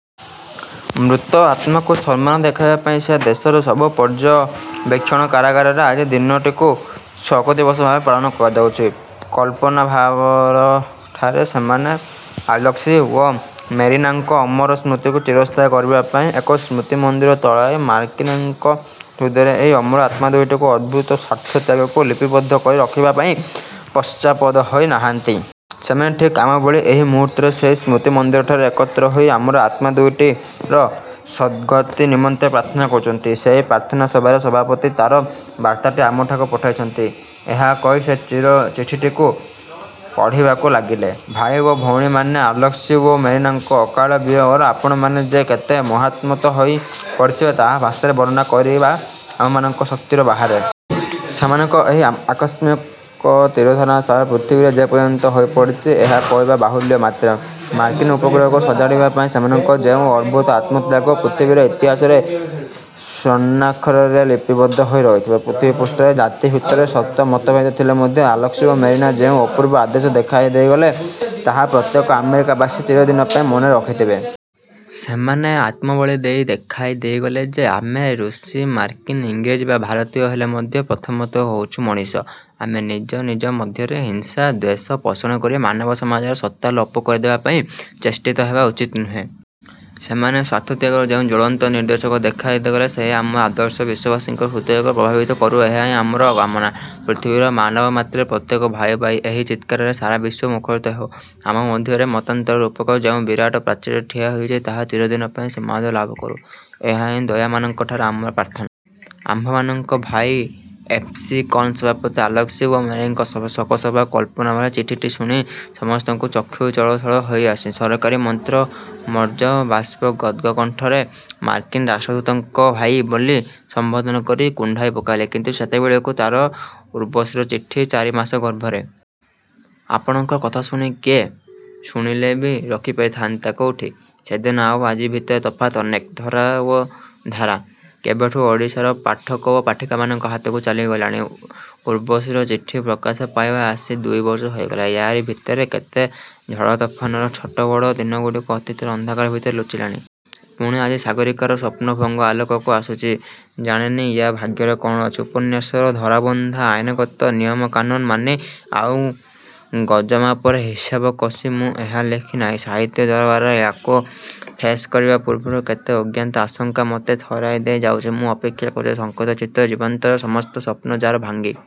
ମୃତ ଆତ୍ମାକୁ ସମ୍ମାନ ଦେଖାଇବା ପାଇଁ ସେ ଦେଶର ସବୁ ପର୍ଯ୍ୟବେକ୍ଷଣାଗାରରେ ଆଜି ଦିନଟିକୁ ଶୋକଦିବସ ଭାବରେ ପାଳନ କରାଯାଉଛି। କେପ୍କାନାଭାରାଲଠାରେ ସେମାନେ ଆଲେସ୍କି ଓ ମେରିନାଙ୍କର ଅମର ସ୍ମୃତିକୁ ଚିରସ୍ଥାୟୀ କରିବା ପାଇଁ ଏକ ସ୍ମୃତିମନ୍ଦିର ତୋଳାଇ ମାର୍କିନ୍ମାନଙ୍କ ହୃଦୟରେ ଏହି ଅମର ଆତ୍ମା ଦୁଇଟିର ଅଦଭୁତ ସ୍ୱାର୍ଥତ୍ୟାଗକୁ ଲିପିବଦ୍ଧ କରି ରଖିବା ପାଇଁ ପାଶ୍ଚାତ୍ପଦ ହୋଇ ନାହାନ୍ତି। ସେମାନେ ଠିକ୍ ଆମ ଭଳି ଏଇ ମୁହୂର୍ତ୍ତରେ ସେହି ସ୍ମୃତିମନ୍ଦିରଠାରେ ଏକତ୍ର ହୋଇ ଅମର ଆତ୍ମା ଦୁଇଟିର ସଦ୍ଗତି ନିମନ୍ତେ ପ୍ରାର୍ଥନା କରୁଛନ୍ତି। ସେହି ପ୍ରାର୍ଥନା ସଭାର ସଭାପତି ତାରବାର୍ତ୍ତାଟି ଆମଠାକୁ ପଠାଇଛନ୍ତି। '' ଏହା କହି ସେ ଚିଠିଟିକୁ ପଢ଼ିବାକୁ ଲାଗିଲେ। ''ଭାଇ ଓ ଭଉଣୀମାନେ, ଆଲେସ୍କି ଓ ମେରିନାଙ୍କର ଅକାଳ ବିୟୋଗରେ ଆପଣମାନେ ଯେ କେତେ ମର୍ମ୍ମାହତ ହୋଇ ପଡ଼ିଥିବେ, ତାହା ଭାଷାରେ ବର୍ଣ୍ଣନା କରିବା ଆମ୍ଭମାନଙ୍କ ଶକ୍ତିର ବାହାରେ। ସେମାନଙ୍କ ଏହି ଆକସ୍ମିକ ତିରୋଧାନରେ ସାରା ପୃଥିବୀ ଯେ ବ୍ୟଥିତ ହୋଇପଡ଼ିଛି, ଏହା କହିବା ବାହୁଲ୍ୟ ମାତ୍ର। ମାର୍କିନ୍ ଉପଗ୍ରହକୁ ସଜାଡ଼ିବା ପାଇଁ ସେମାନଙ୍କର ଯେଉଁ ଅଦ୍ଭୁତ ଆତ୍ମତ୍ୟାଗ ତାହା ପୃଥିବୀର ଇତିହାସରେ ସ୍ୱର୍ଣ୍ଣାକ୍ଷରରେ ଲିପିବଦ୍ଧ ହୋଇ ରହିଥିବ। ପୃଥିବୀପୃଷ୍ଠରେ ଜାତି ଭିତରେ ଶତ ମତଭେଦ ଥିଲେ ମଧ୍ୟ ଆଲେସ୍କି ଓ ମେରିନା ଯେଉଁ ଅପୂର୍ବ ଆଦର୍ଶ ଦେଖାଇ ଦେଇଗଲେ, ତାହା ପ୍ରତ୍ୟେକ ଆମେରିକାବାସୀ ଚିରଦିନ ପାଇଁ ମନେ ରଖିଥିବେ। ସେମାନେ ଆତ୍ମବଳି ଦେଇ ଦେଖାଇ ଦେଇଗଲେ ଯେ ଆମେ ରୁଷୀ, ମାର୍କିନ୍, ଇଂରେଜ ବା ଭାରତୀୟ ହେଲେ ମଧ୍ୟ ପ୍ରଥମତଃ ହେଉଛୁଁ ମଣିଷ। ଆମେ ନିଜ ନିଜ ମଧ୍ୟରେ ହିଂସା, ଦ୍ୱେଷ ପୋଷଣ କରି ମାନବ ସମାଜର ସତ୍ତା ଲୋପ କରିଦେବା ପାଇଁ ଚେଷ୍ଟିତ ହେବା ଉଚିତ ନୁହେଁ। ସେମାନେ ସ୍ୱାର୍ଥତ୍ୟାଗର ଯେଉଁ ଜ୍ୱଳନ୍ତ ନିଦର୍ଶନ ଦେଖାଇଦେଇ ଗଲେ, ସେହି ଅମର ଆଦର୍ଶ ବିଶ୍ୱବାସୀଙ୍କର ହୃଦୟକୁ ପ୍ରଭାବିତ କରୁ ଏହାହିଁ ଆମର କାମନା। ପୃଥିବୀର ମାନବମାତ୍ରେ ପ୍ରତ୍ୟେକେ 'ଭାଇ ଭାଇ' ଏହି ଚିତ୍କାରରେ ସାରା ବିଶ୍ୱ ମୁଖରିତ ହେଉ। ଆମ ମଧ୍ୟରେ ମତାନ୍ତର ରୂପକ ଯେଉଁ ବିରାଟ ପ୍ରାଚୀର ଠିଆହୋଇଛି ତାହା ଚିରଦିନ ପାଇଁ ସମାଧି ଲାଭ କରୁ, ଏହାହିଁ ଦୟାମୟଙ୍କଠାରେ ଆମର ପ୍ରାର୍ଥନା। ଆପଣମାନଙ୍କ ଭାଇ ଏଫ୍. ସି. କ୍ରେନ୍ ସଭାପତି ଆଲେସ୍କି ଓ ମେରିନାଙ୍କ ଶୋକସଭା କେପ୍କାନାଭାରାଲ'' ଚିଠିଟି ଶୁଣି ସମସ୍ତଙ୍କ ଚକ୍ଷୁ ଛଳ ଛଳ ହୋଇଆସିଲା। ସହକାରୀ ମନ୍ତ୍ରୀ ମୋରୋଜୋବ୍ ବାଷ୍ପ ଗଦ୍ଗଦ୍କଣ୍ଠରେ ମାର୍କିନ୍ ରାଷ୍ଟ୍ରଦୂତଙ୍କୁ ଭାଇ ବୋଲି ସମ୍ବୋଧନ କରି କୁଣ୍ଢାଇ ପକାଇଲେ। କିନ୍ତୁ ସେତେବେଳକୁ ତ 'ଉର୍ବଶୀର ଚିଠି' ଚାରିମାସ ଗର୍ଭରେ। ଆପଣଙ୍କ କଥା ଶୁଣୁଛି କିଏ? ଶୁଣିଲେ ବି ରଖିପାରିଥାନ୍ତି କେଉଁଠି? ସେଦିନ ଆଉ ଆଜି ଭିତରେ ତଫାତ୍ ଅନେକ। 'ଧରା ଓ ଧାରା' କେବଠୁଁ ଓଡ଼ିଶାର ପାଠକ ପାଠିକାମାନଙ୍କ ହାତକୁ ଚାଲିଗଲାଣି। 'ଉର୍ବଶୀର ଚିଠି' ପ୍ରକାଶ ପାଇବାର ଆସି ଦୁଇବର୍ଷ ହୋଇଗଲା। ୟା'ରି ଭିତରେ କେତେ ଝଡ଼ ତୋଫାନର ଛୋଟ ବଡ଼ ଦିନଗୁଡ଼ିକ ଅତୀତର ଅନ୍ଧକାର ଭିତରେ ଲୁଚିଗଲାଣି। ପୁଣି ଆଜି 'ସାଗରୀକାର ସ୍ୱପ୍ନଭଙ୍ଗ' ଆଲୋକକୁ ଆସୁଛି। ଜାଣେନି–ୟା' ଭାଗ୍ୟରେ କ'ଣ ଅଛି? ଉପନ୍ୟାସର ଧରାବନ୍ଧା, ଆଇନଗତ ନିୟମକାନୁନ୍ ମାନି, ଆଉ ଗଜମାପରେ ହିସାବ କଷି ମୁଁ ଏହା ଲେଖି ନାହିଁ। ସାହିତ୍ୟ ଦରବାରରେ ୟା'କୁ ପେଶ୍କରିବା ପୂର୍ବରୁ କେତେ ଅଜ୍ଞାତ ଆଶଙ୍କା ମୋତେ ଥରାଇ ଦେଇ ଯାଉଛି। ମୁଁ ଅପେକ୍ଷା କରୁଛି–ଶଙ୍କିତ ଚିତ୍ତରେ। ଜୀବନର ସମସ୍ତ ସ୍ୱପ୍ନ ଯା'ର ଭାଙ୍ଗି